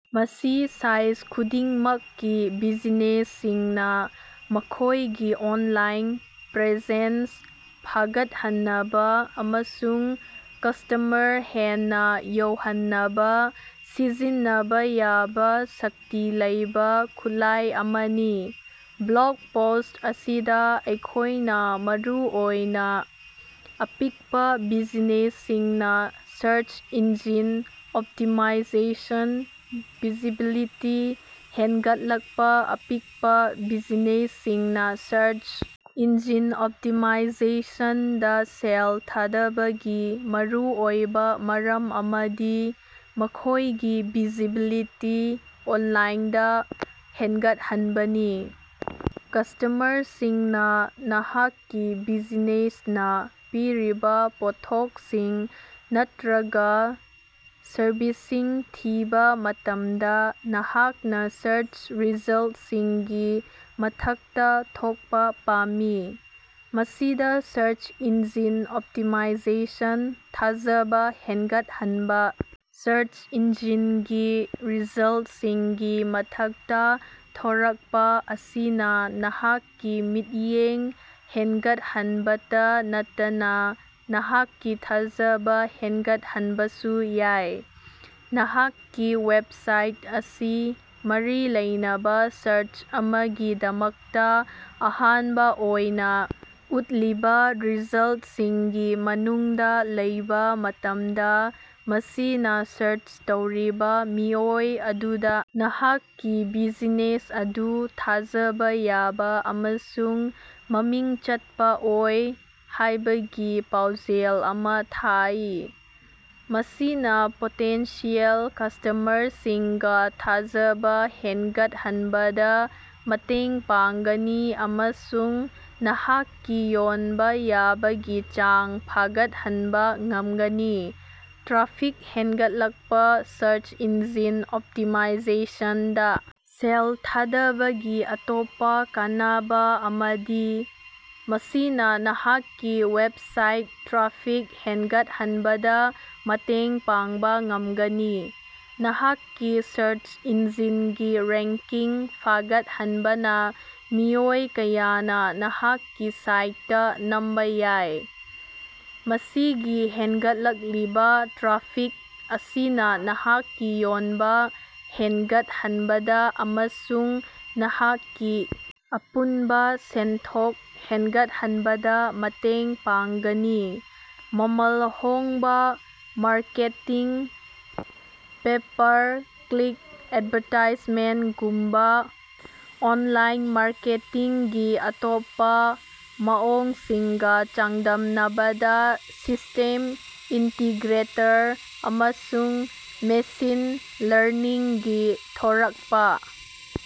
ꯃꯁꯤ ꯁꯥꯏꯖ ꯈꯨꯗꯤꯡꯃꯛꯀꯤ ꯕꯤꯖꯤꯅꯦꯁꯁꯤꯡꯅ ꯃꯈꯣꯢꯒꯤ ꯑꯣꯟꯂꯥꯏꯟ ꯄ꯭ꯔꯦꯖꯦꯟꯁ ꯐꯒꯠꯍꯟꯅꯕ ꯑꯃꯁꯨꯡ ꯀꯁꯇꯃꯔ ꯍꯦꯟꯅ ꯌꯧꯍꯟꯅꯕ ꯁꯤꯖꯤꯟꯅꯕ ꯌꯥꯕ ꯁꯛꯇꯤ ꯂꯩꯕ ꯈꯨꯠꯂꯥꯢ ꯑꯃꯅꯤ꯫ ꯕ꯭ꯂꯣꯒ ꯄꯣꯁ꯭ꯠ ꯑꯁꯤꯗ ꯑꯩꯈꯣꯢꯅ ꯃꯔꯨꯑꯣꯏꯅ ꯑꯄꯤꯛꯄ ꯕꯤꯖꯤꯅꯦꯁꯁꯤꯡꯅ ꯁ꯭ꯔꯆ ꯏꯟꯖꯤꯟ ꯑꯣꯞꯇꯤꯃꯥꯏꯖꯦꯁꯟ ꯚꯤꯖꯤꯕꯤꯂꯤꯇꯤ ꯍꯦꯟꯒꯠꯂꯛꯄ ꯑꯄꯤꯛꯄ ꯕꯤꯖꯤꯅꯦꯁꯁꯤꯡꯅ ꯁ꯭ꯔꯆ ꯏꯟꯖꯤꯟ ꯑꯣꯞꯇꯤꯃꯥꯏꯖꯦꯁꯟ ꯗ ꯁꯦꯜ ꯊꯥꯗꯕꯒꯤ ꯃꯔꯨꯑꯣꯏꯕ ꯃꯔꯝ ꯑꯃꯗꯤ ꯃꯈꯣꯢꯒꯤ ꯚꯤꯖꯤꯕꯤꯂꯤꯇꯤ ꯑꯣꯟꯂꯥꯏꯟꯗ ꯍꯦꯟꯒꯠꯍꯟꯕꯅꯤ꯫ ꯀꯁꯇꯃꯔꯁꯤꯡꯅ ꯅꯍꯥꯛꯀꯤ ꯕꯤꯖꯤꯅꯦꯁꯅꯥ ꯄꯤꯔꯤꯕ ꯄꯣꯠꯊꯣꯛꯁꯤꯡ ꯅꯠꯇ꯭ꯔꯒ ꯁꯔꯚꯤꯁꯁꯤꯡ ꯊꯤꯕ ꯃꯇꯝꯗ ꯅꯍꯥꯛꯅ ꯁ꯭ꯔꯁ ꯔꯤꯖꯜꯇꯁꯤꯡꯒꯤ ꯃꯊꯛꯇ ꯊꯣꯛꯄ ꯄꯥꯝꯃꯤ꯫ ꯃꯁꯤꯗ ꯁ꯭ꯔꯁ ꯏꯟꯖꯤꯟ ꯑꯣꯞꯇꯤꯃꯥꯏꯖꯦꯁꯟ ꯊꯥꯖꯕ ꯍꯦꯟꯒꯠꯍꯟꯕ ꯁꯔꯆ ꯏꯟꯖꯤꯟꯒꯤ ꯔꯤꯖꯜꯇꯁꯤꯡꯒꯤ ꯃꯊꯛꯇ ꯊꯣꯔꯛꯄꯥ ꯑꯁꯤꯅ ꯅꯍꯥꯛꯀꯤ ꯃꯤꯠꯌꯦꯡ ꯍꯦꯟꯒꯠꯍꯟꯕꯇꯥ ꯅꯠꯇꯅ ꯅꯍꯥꯛꯀꯤ ꯊꯥꯖꯕ ꯍꯦꯟꯒꯠꯍꯟꯕꯁꯨ ꯌꯥꯏ꯫ ꯅꯍꯥꯛꯀꯤ ꯋꯦꯕꯁꯥꯏꯠ ꯑꯁꯤ ꯃꯔꯤ ꯂꯩꯅꯕ ꯁ꯭ꯔꯆ ꯑꯃꯒꯤꯗꯃꯛꯇ ꯑꯍꯥꯟꯕ ꯑꯣꯏꯅ ꯎꯠꯂꯤꯕ ꯔꯤꯖꯜꯇꯁꯤꯡꯒꯤ ꯃꯅꯨꯡꯗ ꯂꯩꯕ ꯃꯇꯝꯗ ꯃꯁꯤꯅ ꯁ꯭ꯔꯆ ꯇꯧꯔꯤꯕ ꯃꯤꯑꯣꯏ ꯑꯗꯨꯗ ꯅꯍꯥꯛꯀꯤ ꯕꯤꯖꯤꯅꯦꯁ ꯑꯗꯨ ꯊꯥꯖꯕ ꯌꯥꯕ ꯑꯃꯁꯨꯡ ꯃꯃꯤꯡ ꯆꯠꯄ ꯑꯣꯏ ꯍꯥꯢꯕꯒꯤ ꯄꯥꯎꯖꯦꯜ ꯑꯃ ꯊꯥꯏ꯫ ꯃꯁꯤꯅ ꯄꯣꯇꯦꯟꯁꯤꯌꯦꯜ ꯀꯁꯇꯃꯔꯁꯤꯡꯒ ꯊꯥꯖꯕ ꯍꯦꯟꯒꯠꯍꯟꯕꯗ ꯃꯇꯦꯡ ꯄꯥꯡꯒꯅꯤ ꯑꯃꯁꯨꯡ ꯅꯍꯥꯛꯀꯤ ꯌꯣꯟꯕ ꯌꯥꯕꯒꯤ ꯆꯥꯡ ꯐꯒꯠꯍꯟꯕ ꯉꯝꯒꯅꯤ꯫ ꯇ꯭ꯔꯥꯐꯤꯛ ꯍꯦꯟꯒꯠꯂꯛꯄ ꯁ꯭ꯔꯁ ꯏꯟꯖꯤꯟ ꯑꯣꯞꯇꯤꯃꯥꯏꯖꯦꯁꯟ ꯗꯥ ꯁꯦꯜ ꯊꯥꯗꯕꯒꯤ ꯑꯇꯣꯞꯄ ꯀꯥꯟꯅꯕ ꯑꯃꯗꯤ ꯃꯁꯤꯅ ꯅꯍꯥꯛꯀꯤ ꯋꯦꯕꯁꯥꯏꯠꯇ ꯇ꯭ꯔꯥꯐꯤꯛ ꯍꯦꯟꯒꯠꯍꯟꯕꯗ ꯃꯇꯦꯡ ꯄꯥꯡꯕ ꯉꯝꯒꯅꯤ꯫ ꯅꯍꯥꯛꯀꯤ ꯁ꯭ꯔꯆ ꯏꯟꯖꯤꯟꯒꯤ ꯔꯦꯡꯀꯤꯡ ꯐꯒꯠꯍꯟꯕꯅ ꯃꯤꯑꯣꯏ ꯀꯌꯥꯅ ꯅꯍꯥꯛꯀꯤ ꯁꯥꯏꯇꯇꯥ ꯅꯝꯕ ꯌꯥꯏ꯫ ꯃꯁꯤꯒꯤ ꯍꯦꯟꯒꯠꯂꯛꯂꯤꯕ ꯇ꯭ꯔꯥꯐꯤꯛ ꯑꯁꯤꯅ ꯅꯍꯥꯛꯀꯤ ꯌꯣꯟꯕ ꯍꯦꯟꯒꯠꯍꯟꯕꯗ ꯑꯃꯁꯨꯡ ꯅꯍꯥꯛꯀꯤ ꯑꯄꯨꯟꯕ ꯁꯦꯟꯊꯣꯛ ꯍꯦꯟꯒꯠꯍꯟꯕꯗ ꯃꯇꯦꯡ ꯄꯥꯡꯒꯅꯤ꯫ ꯃꯃꯜ ꯍꯣꯡꯕ ꯃꯥꯔꯀꯦꯇꯤꯡ ꯄꯦ-ꯄꯥꯔ-ꯀ꯭ꯂꯤꯛ ꯑꯦꯗꯚꯥꯔꯇꯥꯏꯖꯃꯦꯟꯇꯒꯨꯝꯕ ꯑꯣꯟꯂꯥꯏꯟ ꯃꯥꯔꯀꯦꯇꯤꯡꯒꯤ ꯑꯇꯣꯞꯄ ꯃꯑꯣꯡꯁꯤꯡꯒ ꯆꯥꯡꯗꯝꯅꯕꯗ ꯁꯤꯁꯇꯦꯝ ꯏꯟꯇꯤꯒ꯭ꯔꯦꯇꯔ ꯑꯃꯁꯨꯡ ꯃꯦꯁꯤꯟ ꯂꯔꯅꯤꯡꯒꯤ ꯊꯣꯔꯛꯄ꯫